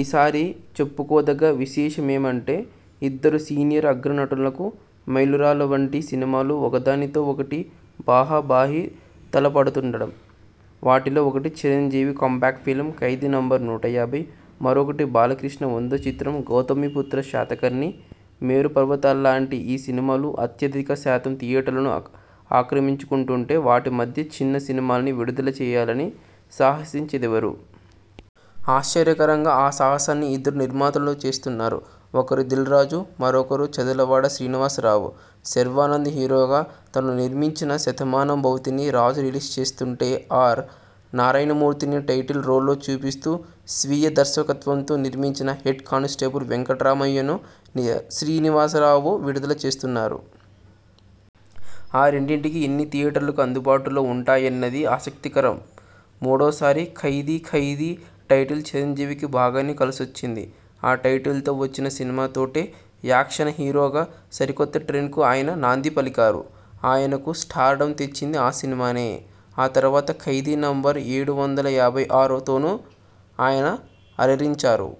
ఈ సారి చెప్పుకోదగ్గ విశేషమేమంటే ఇద్దరు సీనియర్ అగ్ర నటులకు మైలురాళ్ల వంటి సినిమాలు ఒకదానితో ఒకటి బాహా బాహీ తలపడుతుండటం. వాటిలో ఒకటి Chiranjeevi comeback film 'Khaidi number నూట యాభై', మరొకటి బాలకృష్ణ వందో చిత్రం 'గౌతమిపుత్ర శాతకర్ణి'. మేరు పర్వతాల్లాంటి ఈ సినిమాలు అత్యధిక శాతం థియేటర్లను ఆక్రమించుకుంటుంటే, వాటి మధ్య చిన్న సినిమాల్ని విడుదల చేయాలని సాహసించేదెవరు! ఆశ్చర్యకరంగా ఆ సాహసాన్ని ఇద్దరు నిర్మాతలు చేస్తున్నారు. ఒకరు దిల్ రాజు, మరొకరు చదలవాడ శ్రీనివాసరావు. శర్వానంద్ హీరోగా తను నిర్మించిన 'శతమానం భవతి'ని రాజు రిలీజ్ చేస్తుంటే, ఆర్. నారాయణమూర్తిని టైటిల్ రోల్లో చూపిస్తూ స్వీయ దర్శకత్వంలో నిర్మించిన 'హెడ్ కానిస్టేబుల్ వెంకట్రామయ్య'ను శ్రీనివాసరావు విడుదల చేస్తున్నారు. ఈ రెండింటికి ఎన్ని థియేటర్లు అందుబాటులో ఉంటాయన్నది ఆసక్తికరం మూడోసారి 'ఖైదీ''ఖైదీ' టైటిల్ చిరంజీవికి బాగానే కలిసొచ్చింది. ఆ టైటిల్తో వచ్చిన సినిమా తోటే యాక్షన హీరోగా సరికొత్త ట్రెండ్కు ఆయన నాంది పలికారు. ఆయనకు స్టార్డమ్ తెచ్చింది ఆ సినిమానే. ఆ తర్వాత 'ఖైదీ నెంబర్ ఏడు వందల ఎనభై ఆరు'తోనూ ఆయన అలరించారు.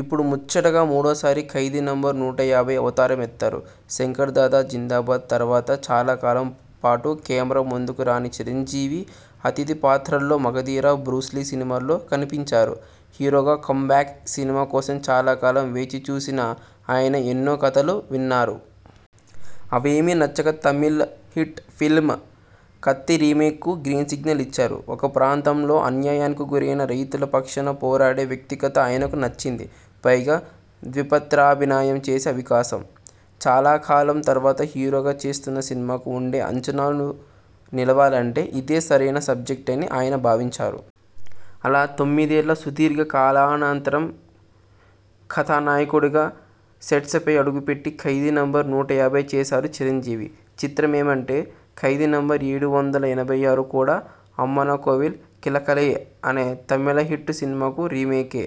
ఇప్పుడు ముచ్చటగా మూడోసారి 'ఖైదీ నంబర్ నూట యాభై' అవతారమెత్తారు. 'శంకర్దాదా జిందాబాద్' తర్వాత చాలా కాలం పాటు కెమెరా ముందుకు రాని చిరంజీవి అతిథి పాత్రల్లో 'మగధీర', 'బ్రూస్లీ' సినిమాల్లో కనిపించారు. హీరోగా కమ్ బ్యాక్ సినిమా కోసం చాలా కాలం వేచిచూసిన ఆయన ఎన్నో కథలు విన్నారు. అవేవీ నచ్చక తమిళ హిట్ ఫిల్మ్ 'కత్తి' రీమేక్కు గ్రీన సిగ్నల్ ఇచ్చారు. ఒక ప్రాంతంలో అన్యాయానికి గురైన రైతుల పక్షాన పోరాడే వ్యక్తి కథ ఆయనకు నచ్చింది. పైగా ద్విపాత్రాభినయం చేసే అవకాశం. చాలా కాలం తర్వాత హీరోగా చేస్తున్న సినిమాకు ఉండే అంచనాలు నిలవాలంటే ఇదే సరైన సబ్జెక్టని ఆయన భావించారు. అలా తొమ్మిదేళ్ల సుదీర్ఘ కాలానంతరం కథానాయకుడిగా సెట్స్పై అడుగుపెట్టి 'ఖైదీ నంబర్ నూట యాభై' చేశారు చిరంజీవి. చిత్రమేమంటే 'ఖైదీ నెంబర్ ఏడు వందల ఎనభై ఆరు' కూడా 'అమ్మన కోవిల్ కిళకలే' అనే తమిళ హిట్ సినిమాకు రీమేకే.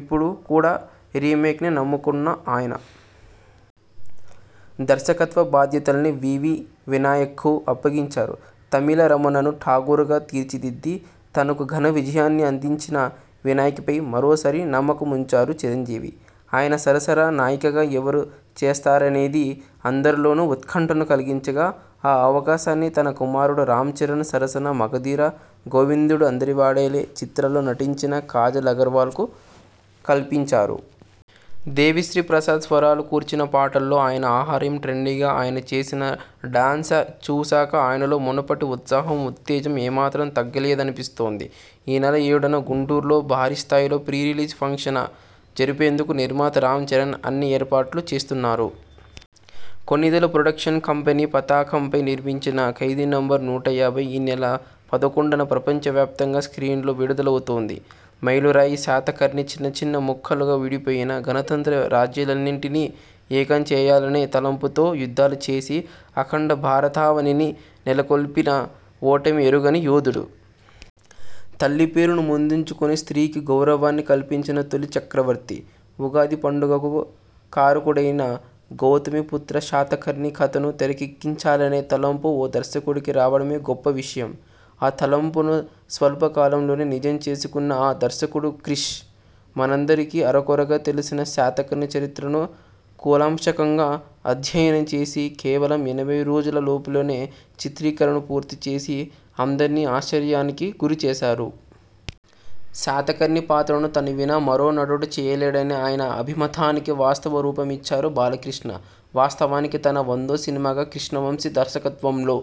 ఇప్పుడు కూడా రీమేక్నే నమ్ముకొన్న ఆయన.. దర్శకత్వ బాధ్యతల్ని వి. వి. వినాయక్కు అప్పగించారు. తమిళ 'రమణ'ను 'ఠాగూర్'గా తీర్చిదిద్ది, తనకు ఘన విజయాన్ని అందించిన వినాయక్పై మరోసారి నమ్మకముంచారు చిరంజీవి. ఆయన సరసన నాయికగా ఎవరు చేస్తారనేది అందరిలోనూ ఉత్కంఠను కలిగించగా, ఆ అవకాశాన్ని తన కుమారుడు రామ్చరణ్ సరసన 'మగధీర', 'గోవిందుడు అందరివాడేలే' చిత్రాల్లో నటించిన కాజల్ అగర్వాల్కు కల్పించారు. దేవిశ్రీ ప్రసాద్ స్వరాలు కూర్చిన పాటల్లో ఆయన ఆహార్యం, ట్రెండీగా ఆయన చేసిన డాన్స చూశాక ఆయనలో మునుపటి ఉత్సాహం, ఉత్తేజం ఏమాత్రం తగ్గలేదనిపిస్తోంది. ఈ నెల ఏడున గుంటూరులో భారీ స్థాయిలో ప్రీ రిలీజ్ ఫంక్షన జరిపేందుకు నిర్మాత రామ్ ఛరణ్ అన్ని ఏర్పాట్లూ చేస్తున్నారు. కొణిదెల ప్రొడక్షన కంపెనీ పతాకంపై నిర్మించిన 'ఖైదీ నంబర్ నూట యాభై' ఈ నెల పదకొండున ప్రపంచ వ్యాప్తంగా స్ర్కీన్స్ లో విడుదలవుతోంది. మైలురాయి 'శాతకర్ణి'చిన్న చిన్న ముక్కలుగా విడిపోయిన గణతంత్ర రాజ్యాలన్నింటినీ ఏకం చేయాలనే తలంపుతో యుద్ధాలు చేసి, అఖండ భారతావనిని నెలకొల్పిన ఓటమి ఎరుగని యోధుడు. తల్లి పేరును ముందుంచుకొని స్త్రీ కి గౌరవాన్ని కల్పించిన తొలి చక్రవర్తి. ఉగాది పండుగకు కారకుడైన 'గౌతమిపుత్ర శాతకర్ణి' కథను తెరకెక్కించాలనే తలంపు ఓ దర్శకుడికి రావడమే గొప్ప విషయం. ఆ తలంపును స్వల్ప కాలంలోనే నిజం చేసుకొన్న ఆ దర్శకుడు క్రిష్. మనందరికీ అరకొరగా తెలిసిన శాతకర్ణి చరిత్రను కూలంకషంగా అధ్యయనం చేసి, కేవలం ఎనభై రోజుల లోపునే చిత్రీకరణను పూర్తిచేసి, అందర్నీ ఆశ్చర్యానికి గురిచేశారు. శాతకర్ణి పాత్రను తను వినా మరో నటుడు చేయలేడనే ఆయన అభిమతానికి వాస్తవ రూపమిచ్చారు బాలకృష్ణ. వాస్తవానికి తన వందో సినిమాగా కృష్ణవంశీ దర్శకత్వంలో